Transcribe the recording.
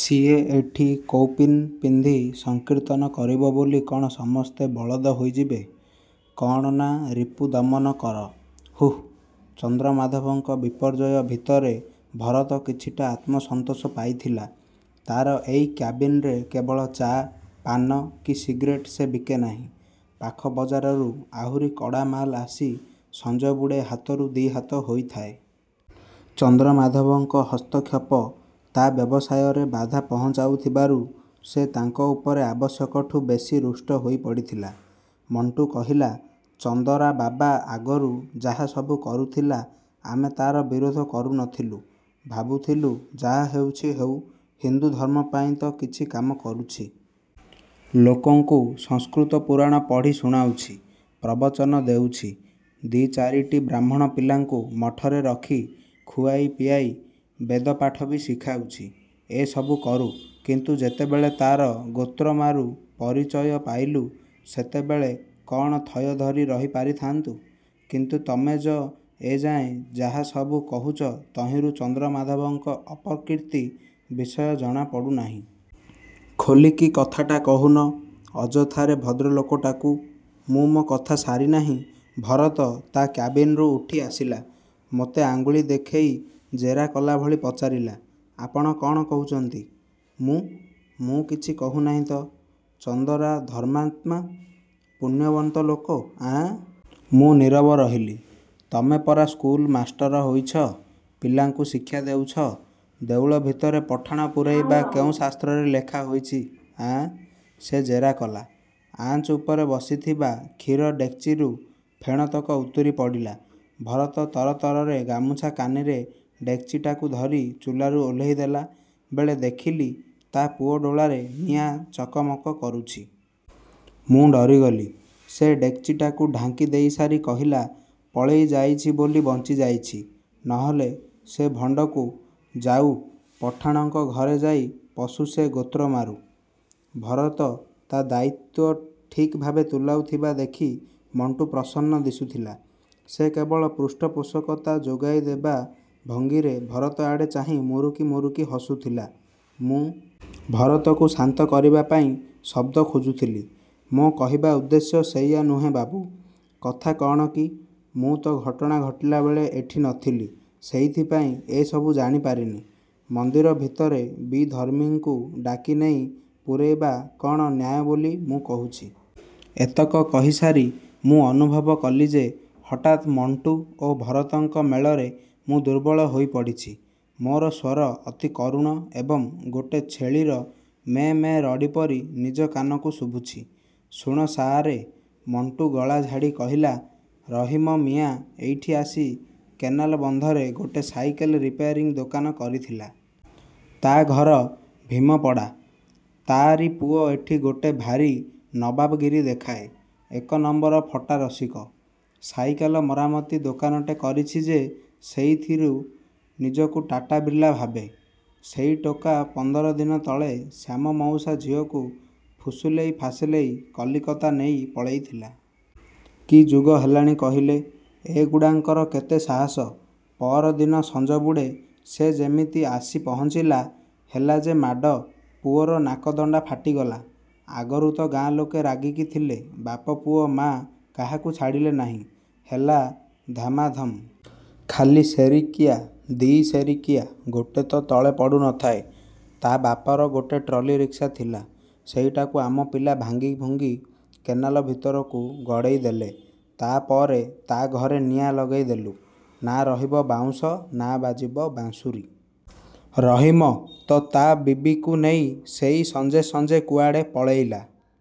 "ସିଏ ଏଠି କୌପୀନ ପିନ୍ଧି ସଂକୀର୍ତ୍ତନ କରିବ ବୋଲି କ'ଣ ସମସ୍ତେ ବଳଦ ହୋଇଯିବେ? କ'ଣ ନା, ରିପୁଦମନ କର। ହୁଃ..." ଚନ୍ଦ୍ରମାଧବଙ୍କ ବିପର୍ଯ୍ୟୟ ଭିତରେ ଭରତ କିଛିଟା ଆତ୍ମସନ୍ତୋଷ ପାଇଥିଲା। ତା'ର ଏଇ କ୍ୟାବିନରେ କେବଳ ଚା', ପାନ କି ସିଗ୍ରେଟ୍ ସେ ବିକେ ନାହିଁ, ପାଖ ବଜାରରୁ ଆହୁରି କଡ଼ା ମାଲ୍ ଆସି ସଞ୍ଜବୁଡ଼େ ହାତରୁ ଦି' ହାତ ହୋଇଥାଏ। ଚନ୍ଦ୍ରମାଧବଙ୍କ ହସ୍ତକ୍ଷେପ ତା' ବ୍ୟବସାୟରେ ବାଧା ପହଞ୍ଚାଉଥିବାରୁ ସେ ତାଙ୍କ ଉପରେ ଆବଶ୍ୟକଠୁ ବେଶି ରୁଷ୍ଟ ହୋଇ ପଡ଼ିଥିଲା। ମଣ୍ଟୁ କହିଲା, "ଚନ୍ଦରା ବାବା ଆଗରୁ ଯାହା ସବୁ କରୁଥିଲା ଆମେ ତା'ର ବିରୋଧ କରୁନଥିଲୁ। ଭାବୁଥିଲୁ, ଯାହା ହେଉଛି ହେଉ, ହିନ୍ଦୁ ଧର୍ମ ପାଇଁ ତ କିଛି କାମ କରୁଛି! ଲୋକଙ୍କୁ ସଂସ୍କୃତ ପୁରାଣ ପଢ଼ି ଶୁଣାଉଛି, ପ୍ରବଚନ ଦେଉଛି। ଦି' ଚାରିଟି ବ୍ରାହ୍ମଣ ପିଲାଙ୍କୁ ମଠରେ ରଖି ଖୁଆଇ ପିଆଇ ବେଦପାଠ ବି ଶିଖାଉଛି, ଏସବୁ କରୁ। କିନ୍ତୁ ଯେତେବେଳେ ତା'ର ଗୋତ୍ରମାରୁ ପରିଚୟ ପାଇଲୁ, ସେତେବେଳେ କ'ଣ ଥୟ ଧରି ରହି ପାରିଥାଆନ୍ତୁ!" "କିନ୍ତୁ ତମେ ଯ ଏଯାଏଁ ଯାହା ସବୁ କହୁଛ ତହିଁରୁ ଚନ୍ଦ୍ରମାଧବଙ୍କ ଅପକୀର୍ତ୍ତି ବିଷୟ ଜଣା ପଡ଼ୁନାହିଁ। ଖୋଲିକି କଥାଟା କହୁନ, ଅଯଥାରେ ଭଦ୍ରଲୋକଟାକୁ" ମୁଁ ମୋ କଥା ସାରିନାହିଁ, ଭରତ ତା' କ୍ୟାବିନ୍‌ରୁ ଉଠି ଆସିଲା। ମୋତେ ଆଙ୍ଗୁଳି ଦେଖେଇ ଜେରା କଲା ଭଳି ପଚାରିଲା, "ଆପଣ କ'ଣ କହୁଛନ୍ତି?" "ମୁଁ... ମୁଁ କିଛି କହୁନାହିଁ ତ...""ଚନ୍ଦରା ଧର୍ମାତ୍ମା? ପୁଣ୍ୟବନ୍ତ ଲୋକ? ଆଁ!" ମୁଁ ନୀରବ ରହିଲି.। "ତମେ ପରା ସ୍କୁଲ ମାଷ୍ଟର ହୋଇଛ? ପିଲାଙ୍କୁ ଶିକ୍ଷା ଦେଉଛ! ଦେଉଳ ଭିତରେ ପଠାଣ ପୂରେଇବା କେଉଁ ଶାସ୍ତ୍ରରେ ଲେଖା ହୋଇଛି, ଆଁ?" ସେ ଜେରା କଲା। ଆଞ୍ଚ ଉପରେ ବସିଥିବା କ୍ଷୀର ଡେକ୍‌ଚିରୁ ଫେଣତକ ଉତୁରି ପଡ଼ିଲା। ଭରତ ତରତରରେ ଗାମୁଛା କାନିରେ ଡେକ୍‌ଚିଟାକୁ ଧରି ଚୁଲାରୁ ଓହ୍ଲେଇ ଦେଲା ବେଳେ ଦେଖିଲି ତା' ପୁଅଡୋଳାରେ ନିଆଁ ଚକମକ କରୁଛି। ମୁଁ ଡରିଗଲି। ସେ ଡେକ୍‌ଚିଟାକୁ ଢାଙ୍କି ଦେଇସାରି କହିଲା, "ପଳେଇ ଯାଇଛି ବୋଲି ବଞ୍ଚିଯାଇଛି। ନହେଲେ ସେ ଭଣ୍ଡକୁ... ଯାଉ, ପଠାଣଙ୍କ ଘରେ ଯାଇ ପଶୁ ସେ ଗୋତ୍ରମାରୁ। "ଭରତ ତା' ଦାୟିତ୍ୱ ଠିକ୍ ଭାବେ ତୁଲାଉଥିବା ଦେଖି ମଣ୍ଟୁ ପ୍ରସନ୍ନ ଦିଶୁଥିଲା। ସେ କେବଳ ପୃଷ୍ଠପୋଷକତା ଯୋଗାଇ ଦେବା ଭଙ୍ଗୀରେ ଭରତ ଆଡ଼େ ଚାହିଁ ମୁରୁକି ମୁରୁକି ହସୁଥିଲା। ମୁଁ ଭରତକୁ ଶାନ୍ତ କରିବା ପାଇଁ ଶବ୍ଦ ଖୋଜୁଥିଲି। "ମୋ କହିବା ଉଦ୍ଦେଶ୍ୟ ସେଇଆ ନୁହେଁ ବାବୁ, କଥା କ'ଣ କି ମୁଁ ତ ଘଟଣା ଘଟିଲା ବେଳେ ଏଠି ନଥିଲି, ସେଇଥିପାଇଁ ଏସବୁ ଜାଣି ପାରିନି। ମନ୍ଦିର ଭିତରେ ବିଧର୍ମୀଙ୍କୁ ଡାକି ନେଇ ପୂରେଇବା କ'ଣ ନ୍ୟାୟ ବୋଲି ମୁଁ କହୁଛି?" ଏତକ କହିସାରି ମୁଁ ଅନୁଭବ କଲି ଯେ ହଠାତ୍ ମଣ୍ଟୁ ଓ ଭରତଙ୍କ ମେଳରେ ମୁଁ ଦୁର୍ବଳ ହୋଇ ପଡ଼ିଛି। ମୋର ସ୍ୱର ଅତି କରୁଣ ଏବଂ ଗୋଟେ ଛେଳିର ମେଁ ମେଁ ରଡ଼ି ପରି ନିଜ କାନକୁ ଶୁଭୁଛି। "ଶୁଣ ସାଆରେ," ମଣ୍ଟୁ ଗଳା ଝାଡ଼ି କହିଲା, "ରହିମ ମିଆଁ ଏଇଠି ଆସି କେନାଲ ବନ୍ଧରେ ଗୋଟେ ସାଇକେଲ୍ ରିପେୟାରିଂ ଦୋକାନ କରିଥିଲା। ତା' ଘର ଭୀମପଡ଼ା। ତା'ଆରି ପୁଅ ଏଠି ଗୋଟେ ଭାରି ନବାବଗିରି ଦେଖାଏ। ଏକ ନମ୍ବର ଫଟା ରସିକ। ସାଇକେଲ୍ ମରାମତି ଦୋକାନଟେ କରିଛି ଯେ ସେଇଥିରେ ନିଜକୁ ଟାଟା ବିର୍ଲା ଭାବେ। ସେଇ ଟୋକା ପନ୍ଦର ଦିନ ତଳେ ଶ୍ୟାମ ମଉସା ଝିଅକୁ ଫୁସୁଲେଇ ଫାସେଲେଇ କଲିକତା ନେଇ ପଳେଇଥିଲା। କି ଯୁଗ ହେଲାଣି କହିଲେ? ଏଗୁଡ଼ାକଙ୍କର କେତେ ସାହସ! ପଅରଦିନ ସଞ୍ଜବୁଡ଼େ ସେ ଯେମିତି ଆସି ପହଞ୍ଚିଲା, ହେଲା ଯେ ମାଡ଼, ପୁଅର ନାକଦଣ୍ଡା ଫାଟିଗଲା। ଆଗରୁ ତ ଗାଁ ଲୋକେ ରାଗିକି ଥିଲେ, ବାପା ପୁଅ ମା', କାହାକୁ ଛାଡ଼ିଲେ ନାହିଁ। ହେଲା ଧାମାଧମ୍। ଖାଲି ସେରିକିଆ, ଦି' ସେରିକିଆ, ଗୋଟେ ତ ତଳେ ପଡ଼ୁନଥାଏ। ତା' ବାପାର ଗୋଟେ ଟ୍ରଲି ରିକ୍ସା ଥିଲା, ସେଇଟାକୁ ଆମ ପିଲା ଭାଙ୍ଗିଭୁଙ୍ଗି କେନାଲ ଭିତରକୁ ଗଡ଼େଇ ଦେଲେ। ତା'ପରେ ତା' ଘରେ ନିଆଁ ଲଗେଇ ଦେଲୁ। ନା ରହିବ ବାଉଁଶ, ନା ବାଜିବ ବାଂଶୁରୀ! ରହିମ ତ ତା' ବିବିକୁ ନେଇ ସେଇ ସଞ୍ଜେ ସଞ୍ଜେ କୁଆଡ଼େ ପଳେଇଲା।"